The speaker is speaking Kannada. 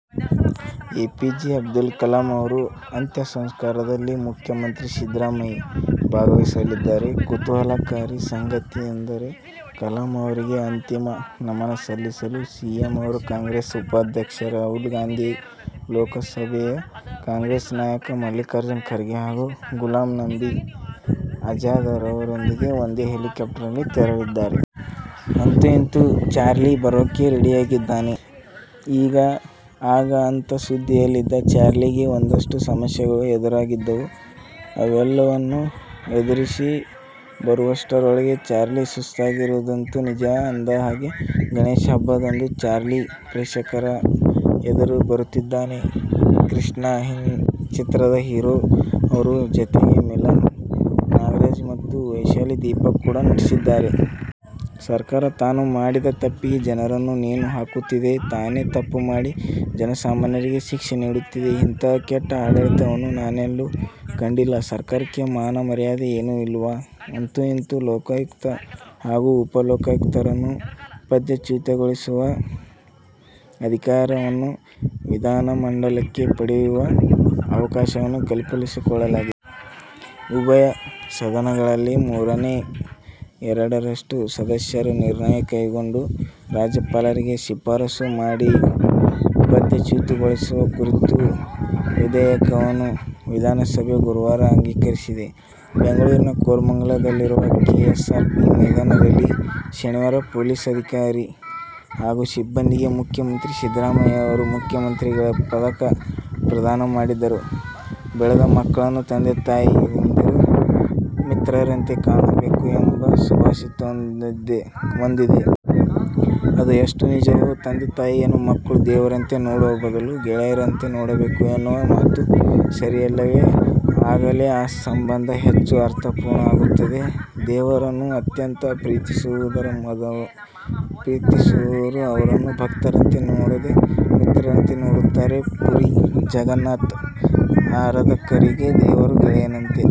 A. P. J Abdul Kalam ಅವರ ಅಂತ್ಯಸಂಸ್ಕಾರದಲ್ಲಿ ಮುಖ್ಯಮಂತ್ರಿ ಸಿದ್ದರಾಮಯ್ಯ ಭಾಗವಹಿಸಲಿದ್ದಾರೆ. ಕುತೂಹಲಕಾರಿ ಸಂಗತಿಯೆಂದರೆ, ಕಲಾಂ ಅವರಿಗೆ ಅಂತಿಮ ನಮನ ಸಲ್ಲಿಸಲು ಸಿಎಂ ಅವರು ಕಾಂಗ್ರೆಸ್ ಉಪಾಧ್ಯಕ್ಷ ರಾಹುಲ್ ಗಾಂಧಿ, ಲೋಕಸಭೆಯ ಕಾಂಗ್ರೆಸ್ ನಾಯಕ ಮಲ್ಲಿಕಾರ್ಜುನ ಖರ್ಗೆ ಹಾಗೂ ಗುಲಾಂ ನಬಿ ಆಜಾದ್ ಅವರೊಂದಿಗೆ ಒಂದೇ ಹೆಲಿಕಾಪ್ಟರ್ನಲ್ಲಿ ತೆರಳಲಿದ್ದಾರೆ. ಅಂತೂ ಇಂತೂ "ಚಾರ್ಲಿ' ಬರೋಕೆ ರೆಡಿಯಾಗಿದ್ದಾನೆ. ಈಗ, ಆಗ ಅಂತ ಸುದ್ದಿಯಲ್ಲಿದ್ದ "ಚಾರ್ಲಿ'ಗೆ ಒಂದಷ್ಟು ಸಮಸ್ಯೆಗಳು ಎದುರಾಗಿದ್ದವು. ಅವೆಲ್ಲವನ್ನು ಎದುರಿಸಿ ಬರುವಷ್ಟರೊಳಗೆ "ಚಾರ್ಲಿ' ಸುಸ್ತಾಗಿರೋದಂತೂ ನಿಜ. ಅಂದಹಾಗೆ, ಗಣೇಶ ಹಬ್ಬದಂದು "ಚಾರ್ಲಿ' ಪ್ರೇಕ್ಷಕರ ಎದುರು ಬರುತ್ತಿದ್ದಾನೆ. ಕೃಷ್ಣ ಚಿತ್ರದ ಹೀರೋ. ಅವರ ಜತೆಗೆ ಮಿಲನ ನಾಗರಾಜ್ ಮತ್ತು ವೈಶಾಲಿ ದೀಪಕ್ ಕೂಡ ನಟಿಸಿದ್ದಾರೆ. "ಸರ್ಕಾರ ತಾನು ಮಾಡಿದ ತಪ್ಪಿಗೆ ಜನರನ್ನು ನೇಣು ಹಾಕುತ್ತಿದೆ. ತಾನೇ ತಪ್ಪು ಮಾಡಿ ಜನಸಾಮಾನ್ಯರಿಗೆ ಶಿಕ್ಷೆ ನೀಡುತ್ತಿದೆ. ಇಂತಹಾ ಕೆಟ್ಟ ಆಡಳಿತವನ್ನು ನಾನೆಲ್ಲೂ ಕಂಡಿಲ್ಲ, ಸರ್ಕಾರಕ್ಕೆ ಮಾನ ಮರ್ಯಾದೆ ಏನು ಇಲ್ಲವಾ' ಅಂತೂ ಇಂತೂ ಲೋಕಾಯುಕ್ತ ಹಾಗೂ ಉಪ ಲೋಕಾಯುಕ್ತರನ್ನು ಪದಚ್ಯುತಗೊಳಿಸುವ ಅಧಿಕಾರವನ್ನು ವಿಧಾನಮಂಡಲಕ್ಕೆ ಪಡೆಯುವ ಅವಕಾಶವನ್ನು ಕಲ್ಪಿಸಿಕೊಳ್ಳಲಾಗಿದೆ. ಉಭಯ ಸದನಗಳಲ್ಲಿ ಮೂರನೇ ಎರಡರಷ್ಟು ಸದಸ್ಯರು ನಿರ್ಣಯ ಕೈಗೊಂಡು ರಾಜ್ಯಪಾಲರಿಗೆ ಶಿಫಾರಸು ಮಾಡಿ, ಪದಚ್ಯುತಗೊಳಿಸುವ ಕುರಿತ ವಿಧೇಯಕವನ್ನು ವಿಧಾನಸಭೆ ಗುರುವಾರ ಅಂಗೀಕರಿಸಿದೆ. ಬೆಂಗಳೂರಿನ ಕೋರಮಂಗಲದಲ್ಲಿರುವ ಕೆಎಸ್ಆರ್ಪಿ ಮೈದಾನದಲ್ಲಿ ಶನಿವಾರ ಪೊಲೀಸ್ ಅಧಿಕಾರಿ ಹಾಗೂ ಸಿಬ್ಬಂದಿಗೆ ಮುಖ್ಯಮಂತ್ರಿ ಸಿದ್ದರಾಮಯ್ಯ ಅವರು "ಮುಖ್ಯಮಂತ್ರಿಗಳ ಪದಕ' ಪ್ರದಾನ ಮಾಡಿದರು. ಬೆಳೆದ ಮಕ್ಕಳನ್ನು ತಂದೆ- ತಾಯಂದಿರು ಮಿತ್ರರಂತೆ ಕಾಣಬೇಕು ಎಂಬ ಸುಭಾಷಿತವೊಂದಿದೆ. ಅದು ಎಷ್ಟು ನಿಜವೋ, ತಂದೆ- ತಾಯಿಯನ್ನು ಮಕ್ಕಳು ದೇವರಂತೆ ನೋಡುವ ಬದಲು ಗೆಳೆಯರಂತೆ ನೋಡಬೇಕು ಎನ್ನುವ ಮಾತೂ ಸರಿಯಲ್ಲವೇ? ಆಗಲೇ ಆ ಸಂಬಂಧ ಹೆಚ್ಚು ಅರ್ಥಪೂರ್ಣ ಆಗುತ್ತದೆ. ದೇವರನ್ನು ಅತ್ಯಂತ ಪ್ರೀತಿಸುವವರು ಅವರನ್ನು ಭಕ್ತರಂತೆ ನೋಡದೆ, ಮಿತ್ರರಂತೆ ನೋಡುತ್ತಾರೆ. ಪುರಿ ಜಗನ್ನಾಥನ ಆರಾಧಕರಿಗೆ ದೇವರು ಗೆಳೆಯನಂತೆ.